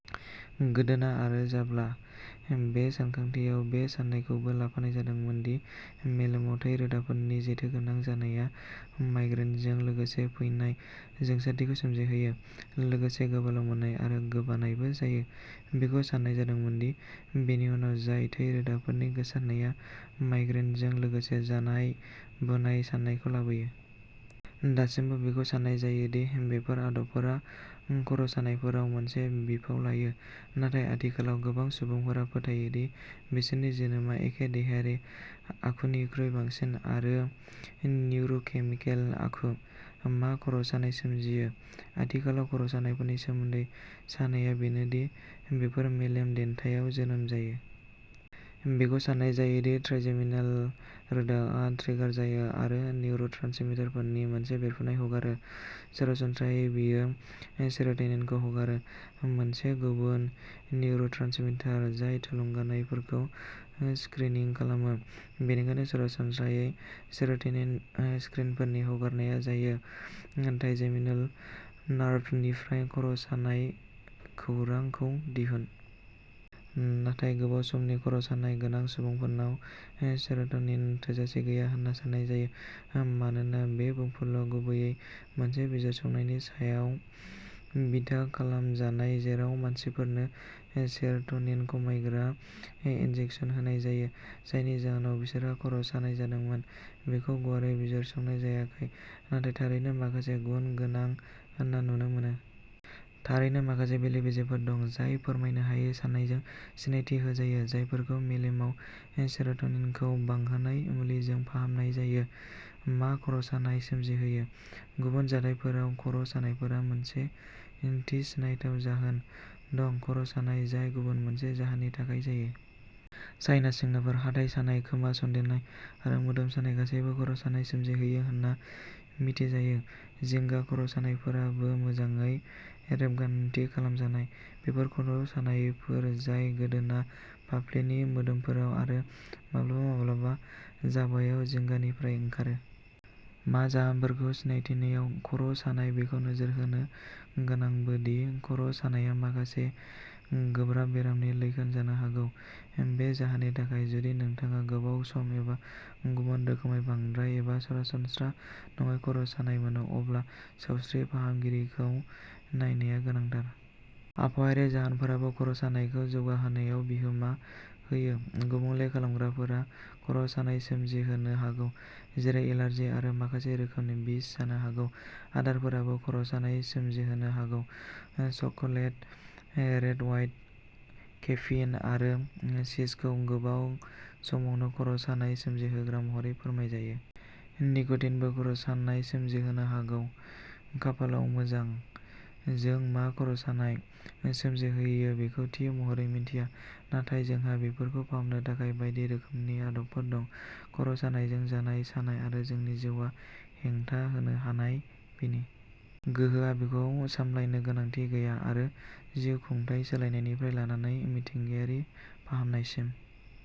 गोदोना आरो जाब्ला। बे सानखांथियाव बे साननायखौबो लाफानाय जादोंमोन दि मेलेमाव थै रोदाफोरनि जेथोगोनां जानाया माइग्रेनजों लोगोसे फैनाय जोंसारथिखौ सोमजिहोयो, लोगोसे गोबाल'मोननाय आरो गोबानायबो जायो। बेखौ साननाय जादोंमोन दि बेनि उनाव जानाय थै रोदाफोरनि गोसारनाया माइग्रेनजों लोगोसे जानाय बुनाय सानायखौ लाबोयो। दासिमबो बेखौ साननाय जायो दि बेफोर आदबफोरा खर'सानायफोराव मोनसे बिफाव लायो, नाथाय आथिखालाव गोबां सुबुंफोरा फोथायो दि बिसोरनि जोनोमा मोनसे देहायारि आखुनिख्रुइ बांसिन मोनसे निउर'केमिकेल आखु। मा खर'सानाय सोमजिहोयो? आथिखालाव खर'सानायफोरनि सोमोन्दै साननाया बेनो दि बेफोरो मेलेम देन्थायाव जोनोम जायो। बेखौ साननाय जायो दि ट्राइजेमिनाल रोदाआ ट्रिगार जायो आरो निउर'ट्रान्समिटारफोरनि मोनसे बेरफ्रुनाय हगारो। सरासनस्रायै, बेयो सेर'ट'निनखौ हगारो, मोनसे गुबुन निउर'ट्रान्समिटार जाय थुलुंगानायफोरखौ "स्क्रिनिं" खालामो। बेनिखायनो, सरासनस्रायै, सेर'ट'निन स्क्रिनफोरनि हगारनाया जायो। ट्राइजेमिनल नार्भनिफ्राय "खर" सानाय खौरां "खौ दिहुन। नाथाय, गोबाव समनि खर" सानाय गोनां सुबुंफोरनाव सेर "टनिन थोजासे गैया होनना साननाय जायो। मानोना बे बुंफुरलुआ गुबैयै मोनसे बिजिरसंनायनि सायाव बिथा खालामजानाय जेराव मानसिफोरनो सेर" टनिन-खमायग्रा इन्जेक्सन होनाय जादोंमोन, जायनि जाहोनाव बिसोरहा खर "सानाय जादोंमोन, बेखौ गुवारै बिजिरसंनाय जायाखै, नाथाय थारैनो माखासे गुन गोनां होनना नुनो मोनो। थारैनो, माखासे बेले-बेजेफोर दं जाय फोरमायनो हायै सानायजों सिनायथि होजायो जायफोरखौ मेलेमाव सेर" टनिनखौ बांहोनाय मुलिजों फाहामनाय जायो। मा खर "सानाय सोमजिहोयो? गुबुन जाथायफोराव, खर" सानायफोरा मोनसे थि सिनायथाव जाहोन दं-खर "सानाय जाय गुबुन मोनसे जाहोननि थाखाय जायो। साइनास जेंनाफोर, हाथाइ सानाय, खोमा सन्देरनाय आरो मोदोम सानाय गासैबो खर" सानाय सोमजिहोयो होनना मिथिजादों। जिंगा खर "सानायफोराबो मोजाङै रेबगान्थि खालामजानाय। बेफोर खर" सानायफोर जाय गोदोना ाफ्लिनि मोदोमफोराव आरो माब्लाबा-माब्लाबा जाबायाव जिंगानिफ्राय ओंखारो। मा जाहोनफोरखौ सिनायथिनायाव। खर "सानाय, बेखौ नोजोर होनो गोनांबो दि खर" सानायआ माखासे गोब्राब बेरामनि लैखोन जानो हागौ। बे जाहोननि थाखाय, जुदि नोंथाङा गोबाव सम एबा गुबुन रोखोमै बांद्राय एबा सरासनस्रा नङै खर "सानाय मोनो, अब्ला सावस्रि फाहामगिरिखौ नायनाया गोनांथार। आबहावायारि जाहोनफोराबो खर" सानायखौ जौगाहोनायाव बिहोमा होयो। गुबुंले खालामग्राफोरा खर "सानाय सोमजिहोनो हागौ, जेरै एलार्जि आरो माखासे रोखोमनि बिस जानो हागौ। आदारफोराबो खर" सानाय सोमजिहोनो हागौ; चकलेट, रेड वाइन, केफिन आरो चीजखौ गोबां समावनो खर "सानाय सोमजिहोग्रा महरै फोरमायजायो। निक'टिन बो खर'सानाय सोमजिहोनो हागौ। खाफाल मोजां, जों मा खर'सानाय सोमजिहोयो बेखौ थि महरै मिथिया, नाथाय जोंहा बेफोरखौ फाहामनो थाखाय बायदि रोखोमनि आदबफोर दं। खर'सानायजों जानाय सानाय-आरो जोंनि जिउआव हेंथा होनो हानाय बिनि गोहोआ-बेखौ सामलायनो गोनांथि गैया, आरो जिउखुंथाय सोलायनायनिफ्राय लानानै मिथिंगायारि फाहामनायसिम,